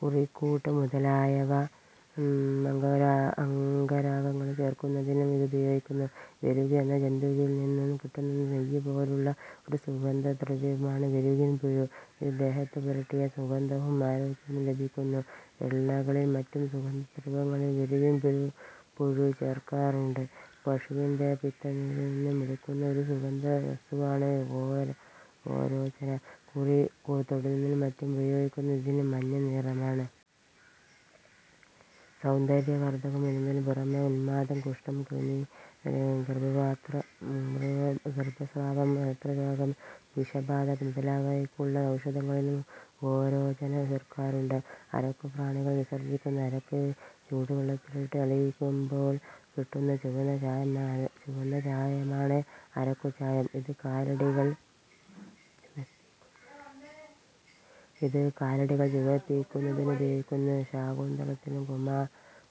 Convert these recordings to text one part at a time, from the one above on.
കുറിക്കൂട്ട് മുതലായ അംഗരാഗങ്ങളിൽ ചേർക്കുന്നതിനും ഇതുപയോഗിക്കുന്നു. വെരുക് എന്ന ജന്തുവിൽനിന്നുകിട്ടുന്ന നെയ്യുപോലുള്ള ഒരു സുഗന്ധദ്രവ്യമാണ് വെരുകിൻപുഴു. ഇത് ദേഹത്തുപുരട്ടിയാൽ സുഗന്ധവും ആരോഗ്യവും ലഭിക്കുന്നു. എണ്ണകളിലും മറ്റു സുഗന്ധദ്രവ്യങ്ങളിലും വെരുകിൻപുഴു ചേർക്കാറുണ്ട്. പശുവിന്റെ പിത്തനീരിൽനിന്നും എടുക്കുന്ന ഒരു സുഗന്ധവസ്തുവാണ് ഗോരോചന. കുറിതൊടുന്നതിനും മറ്റും ഉപയോഗിക്കുന്ന ഇതിന് മഞ്ഞനിറമാണ്. സൗന്ദര്യവർധകം എന്നതിനുപുറമേ ഉൻമാദം, കുഷ്ഠം, കൃമി, ഗർഭസ്രാവം, നേത്രരോഗം, വിഷബാധ മുതലായവയ്ക്കുള്ള ഔഷധങ്ങളിലും ഗോരോചന ചേർക്കാറുണ്ട്. അരക്കുപ്രാണികൾ വിസർജിക്കുന്ന അരക്ക് ചൂടുവെള്ളത്തിലിട്ട് അലിയിക്കുമ്പോൾ കിട്ടുന്ന ചുവന്ന ചായമാണ് അരക്കുചായം. ഇത് കാലടികൾ ചുവപ്പിക്കുന്നതിനുപയോഗിക്കുന്നു. ശാകുന്തളത്തിലും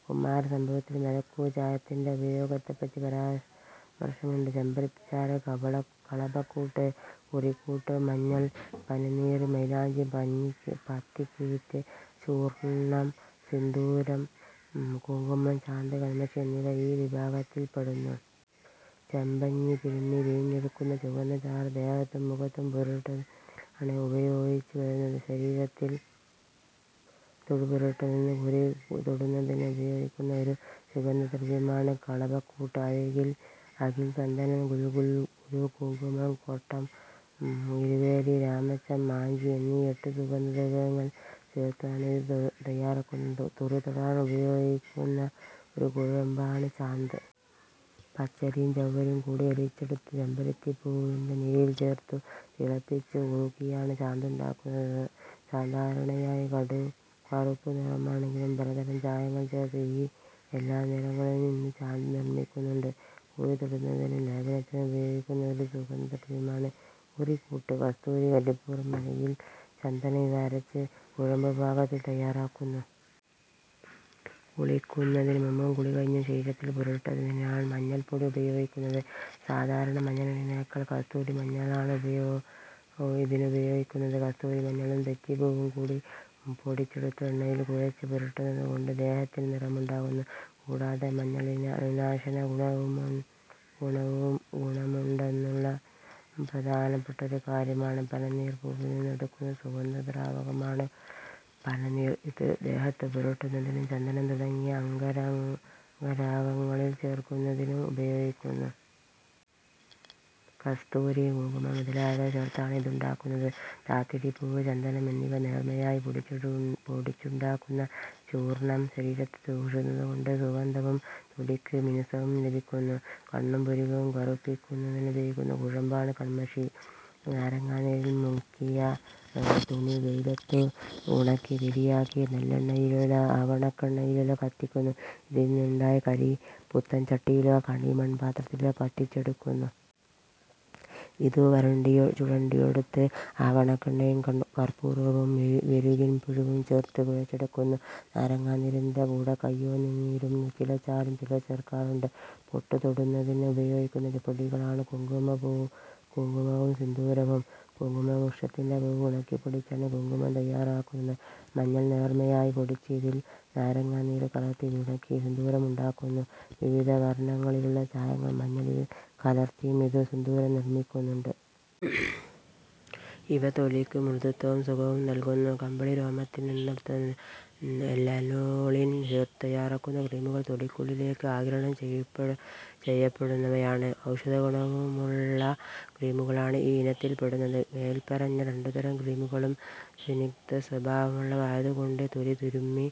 കുമാരസംഭവത്തിലും അരക്കുചായത്തിന്റെ ഉപയോഗത്തെപ്പറ്റി പരാമർശമുണ്ട്. ചെമ്പരത്തിച്ചാറ്, കളഭക്കൂട്ട്, കുറിക്കൂട്ട്, മഞ്ഞൾ, പനിനീർ, മൈലാഞ്ചി, പത്തിക്കീറ്റ്, ചൂർണം, സിന്ദൂരം, കുങ്കുമം, ചാന്ത്, കൺമഷി എന്നിവ ഈ വിഭാഗത്തിൽപ്പെടുന്നു. ചെമ്പഞ്ഞി തിരുമ്മി പിഴിഞ്ഞെടുക്കുന്ന ചുവന്നചാറ് ദേഹത്തും മുഖത്തും പുരട്ടുന്നതിനാണ് ഉപയോഗിച്ചുവരുന്നത്. ശരീരത്തിൽ പുരട്ടുന്നതിനും കുറിതൊടുന്നതിനും ഉപയോഗിക്കുന്ന ഒരു സുഗന്ധദ്രവ്യമാണ് കളഭക്കൂട്ട്. അകിൽ, ചന്ദനം, ഗുൽഗുലു, കുങ്കുമം, കൊട്ടം, ഇരുവേലി, രാമച്ചം, മാഞ്ചി എന്നീ എട്ടു സുഗന്ധദ്രവ്യങ്ങൾ ചേർത്താണ് ഇതു തയ്യാറാക്കുന്നത്. കുറിതൊടാൻ ഉപയോഗിക്കുന്ന ഒരു കുഴമ്പാണ് ചാന്ത്. പച്ചരിയും ചവ്വരിയുംകൂടി കരിച്ചെടുത്ത് ചെമ്പരത്തിപ്പൂവിന്റെ നീരിൽചേർത്തു തിളപ്പിച്ചു കുറുക്കിയാണ് ചാന്തുണ്ടാക്കുന്നത്. സാധാരണയായി കടുംകറുപ്പു നിറമാണെങ്കിലും, പലതരം ചായങ്ങൾ ചേർത്ത് എല്ലാ നിറങ്ങളിലും ഇന്ന് ചാന്തു നിർമ്മിക്കുന്നുണ്ട്. കുറിതൊടുന്നതിനും ലേപനത്തിനും ഉപയോഗിക്കുന്ന ഒരു സുഗന്ധദ്രവ്യമാണ് കുറിക്കൂട്ട്. കസ്തൂരി, കർപ്പൂരം, അകിൽ, ചന്ദനം ഇവ അരച്ച് കുഴമ്പുപാകത്തിൽ തയ്യാറാക്കുന്നു. കുളിക്കുന്നതിനുമുമ്പും കുളികഴിഞ്ഞും ശരീരത്തിൽ പുരട്ടുന്നതിനാണ് മഞ്ഞൾപ്പൊടി ഉപയോഗിക്കുന്നത്. സാധാരണമഞ്ഞളിനേക്കാൾ കസ്തൂരിമഞ്ഞളാണ് ഇതിനുപയോഗിക്കുന്നത്. കസ്തൂരിമഞ്ഞളും തെറ്റിപ്പൂവുംകൂടി പൊടിച്ചെടുത്ത് എണ്ണയിൽ കുഴച്ച് പുരട്ടുന്നതുകൊണ്ട് ദേഹത്തിന് നിറമുണ്ടാകുന്നു. കൂടാതെ മഞ്ഞളിന് അണുനാശകഗുണമുണ്ടെന്നുള്ളതും പ്രധാനപ്പെട്ട ഒരു കാര്യമാണ്. പനിനീർപൂവിൽനിന്നും എടുക്കുന്ന സുഗന്ധദ്രാവകമാണ് പനിനീർ. ഇത് ദേഹത്തു പുരട്ടുന്നതിനും ചന്ദനം തുടങ്ങിയ അംഗരാഗങ്ങളിൽ ചേർക്കുന്നതിനും ഉപയോഗിക്കുന്നു. കസ്തൂരി, കുങ്കുമം മുതലായവ ചേർത്താണ് ഇതുണ്ടാക്കുന്നത്. താതിരിപ്പൂവ്, ചന്ദനം എന്നിവ നേർമയായി പൊടിച്ചുണ്ടാക്കുന്ന ചൂർണം ശരീരത്തു പൂശുന്നതുകൊണ്ട് സുഗന്ധവും തൊലിക്ക് മിനുസവും ലഭിക്കുന്നു. കണ്ണും പുരികവും കറുപ്പിക്കുന്നതിനുപയോഗിക്കുന്ന കുഴമ്പാണ് കൺമഷി. നാരങ്ങാനീരിൽ മുക്കിയ തുണി വെയിലത്ത് ഉണക്കി, തിരിയാക്കി നല്ലെണ്ണയിലോ ആവണക്കെണ്ണയിലോ കത്തിക്കുന്നു. ഇതിൽനിന്നുണ്ടാകുന്ന കരി പുത്തൻ ചട്ടിയിലോ കളിമൺപാത്രത്തിലോ പറ്റിച്ചെടുക്കുന്നു. ഇതു ചുരണ്ടിയെടുത്ത് ആവണക്കെണ്ണയും കർപ്പൂരവും വെരുകിൻപുഴുവും ചേർത്ത് കുഴച്ചെടുക്കുന്നു. നാരങ്ങാനീരിന്റെ കൂടെ കൈയ്യോന്നിനീരും വെറ്റിലച്ചാറും ചിലർ ചേർക്കാറുണ്ട്. പൊട്ടുതൊടുന്നതിന് ഉപയോഗിക്കുന്ന പൊടികളാണ് കുങ്കുമവും സിന്ദൂരവും. കുങ്കുമവൃക്ഷത്തിന്റെ പൂവ് ഉണക്കിപ്പൊടിച്ചാണ് കുങ്കുമം തയ്യാറാക്കുന്നത്. മഞ്ഞൾ നേർമയായി പൊടിച്ച് അതിൽ നാരങ്ങാനീരു കലർത്തി ഉണക്കി സിന്ദൂരം ഉണ്ടാക്കുന്നു. വിവിധ വർണങ്ങളിലുള്ള ചായങ്ങൾ മഞ്ഞളിൽ കലർത്തിയും ഇന്നു സിന്ദൂരം നിർമ്മിക്കുന്നുണ്ട്. ഇവ തൊലിക്ക് മൃദുത്വവും സുഖവും നൽകുന്നു. കമ്പിളിരോമത്തിൽനിന്നെടുക്കുന്ന ലനോളീൻ ചേർത്തു തയ്യാറാക്കുന്ന ക്രീമുകൾ തൊലിക്കുള്ളിലേക്ക് ആഗിരണം ചെയ്യപ്പെടുന്നവയാണ്. ഔഷധഗുണമുള്ള ക്രീമുകളാണ് ഈ ഇനത്തിൽപെടുന്നത്. മേല്പറഞ്ഞ രണ്ടുതരം ക്രീമുകളും സ്നിഗ്ധസ്വഭാവമുളളവ ആയതുകൊണ്ട് തൊലിതിരുമ്മി